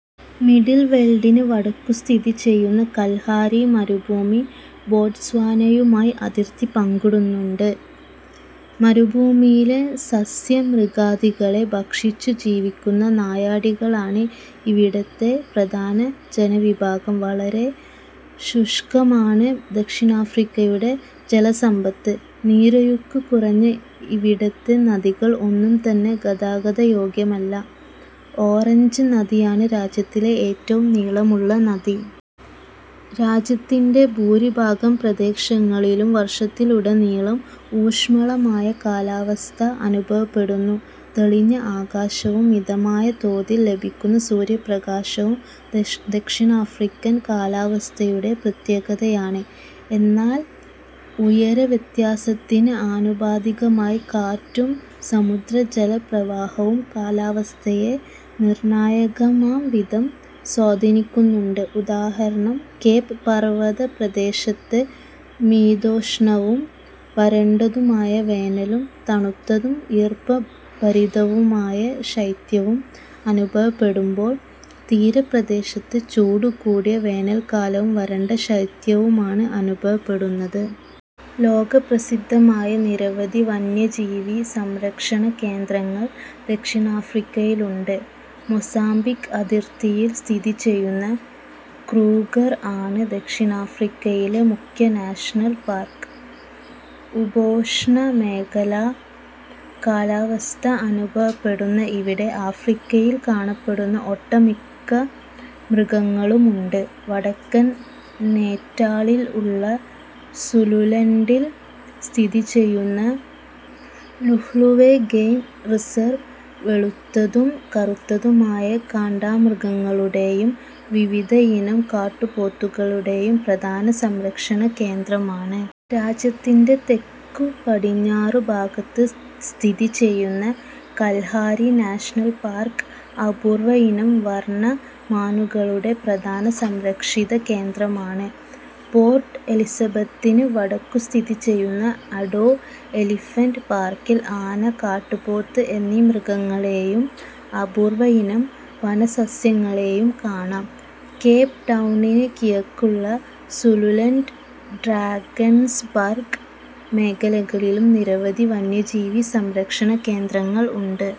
Middle വെൽഡിന് വടക്കു സ്ഥിതിചെയ്യുന്ന കൽഹാരി മരുഭൂമി ബോട്സ്വാനയുമായി അതിർത്തി പങ്കിടുന്നുണ്ട്. മരുഭൂമിയിലെ സസ്യ-മൃഗാദികളെ ഭക്ഷിച്ചു ജീവിക്കുന്ന നായാടികളാണ് ഇവിടത്തെ പ്രധാന ജനവിഭാഗം. വളരെ ശുഷ്കമാണ് ദക്ഷിണാഫ്രിക്കയുടെ ജലസമ്പത്ത്. നീരൊഴുക്കു കുറഞ്ഞ ഇവിടത്തെ നദികൾ ഒന്നുംതന്നെ ഗതാഗതയോഗ്യമല്ല. ഓറഞ്ച് നദിയാണ് രാജ്യത്തിലെ ഏറ്റവും നീളമുള്ള നദി. രാജ്യത്തിന്റെ ഭൂരിഭാഗം പ്രദേശങ്ങളിലും വർഷത്തിലുടനീളം ഊഷ്മളമായ കാലാവസ്ഥ അനുഭവപ്പെടുന്നു. തെളിഞ്ഞ ആകാശവും മിതമായ തോതിൽ ലഭിക്കുന്ന സൂര്യപ്രകാശവും ദക്ഷിണാഫ്രിക്കൻ കാലാവസ്ഥയുടെ പ്രത്യേകതയാണ്. എന്നാൽ ഉയരവ്യത്യാസത്തിന് ആനുപാതികമായി കാറ്റും സമുദ്രജലപ്രവാഹവും കാലാവസ്ഥയെ നിർണായകമാംവിധം സ്വാധീനിക്കുന്നുണ്ട്. ഉദാ. കേപ് പർവത പ്രദേശത്ത് മിതോഷ്ണവും വരണ്ടതുമായ വേനലും തണുത്തതും ഈർപ്പഭരിതവുമായ ശൈത്യവും അനുഭവപ്പെടുമ്പോൾ തീരപ്രദേശത്ത് ചൂടു കൂടിയ വേനൽക്കാലവും വരണ്ട ശൈത്യവുമാണ് അനുഭവപ്പെടുന്നത്. ലോകപ്രസിദ്ധമായ നിരവധി വന്യജീവി സംരക്ഷണ കേന്ദ്രങ്ങൾ ദക്ഷിണാഫ്രിക്കയിലുണ്ട്. മൊസാംബിക് അതിർത്തിയിൽ സ്ഥിതിചെയ്യുന്ന ക്രൂഗർ ആണ് ദക്ഷിണാഫ്രിക്കയിലെ മുഖ്യ നാഷണൽ പാർക്ക്. ഉപോഷ്ണ മേഖലാ കാലാവസ്ഥ അനുഭവപ്പെടുന്ന ഇവിടെ ആഫ്രിക്കയിൽ കാണപ്പെടുന്ന ഒട്ടുമിക്ക മൃഗങ്ങളുമുണ്ട്. വടക്കൻ നേറ്റാളിൽ ഉള്ള സുലുലൻഡിൽ സ്ഥിതിചെയ്യുന്ന ലുഹ്ലുവെ ഗെയിം റിസർവ് വെളുത്തതും കറുത്തതുമായ കാണ്ടാമൃഗങ്ങളുടെയും വിവിധയിനം കാട്ടുപോത്തുകളുടെയും പ്രധാന സംരക്ഷണ കേന്ദ്രമാണ്. രാജ്യത്തിന്റെ തെക്കു പടിഞ്ഞാറു ഭാഗത്ത് സ്ഥിതിചെയ്യുന്ന കൽഹാരി നാഷണൽ പാർക്ക് അപൂർവയിനം വർണ മാനുകളുടെ പ്രധാന സംരക്ഷിത കേന്ദ്രമാണ്. പോർട്ട് എലിസബത്തിന് വടക്കു സ്ഥിതിചെയ്യുന്ന അഡോ എലിഫന്റ് പാർക്കിൽ ആന, കാട്ടുപോത്ത് എന്നീ മൃഗങ്ങളെയും അപൂർവയിനം വനസസ്യങ്ങളെയും കാണാം. കേപ് ടൌണിന് കിഴക്കുള്ള സുലുലൻഡ്, ഡ്രാക്കൻസ്ബർഗ് മേഖലകളിലും നിരവധി വന്യജീവി സംരക്ഷണകേന്ദ്രങ്ങൾ ഉണ്ട്.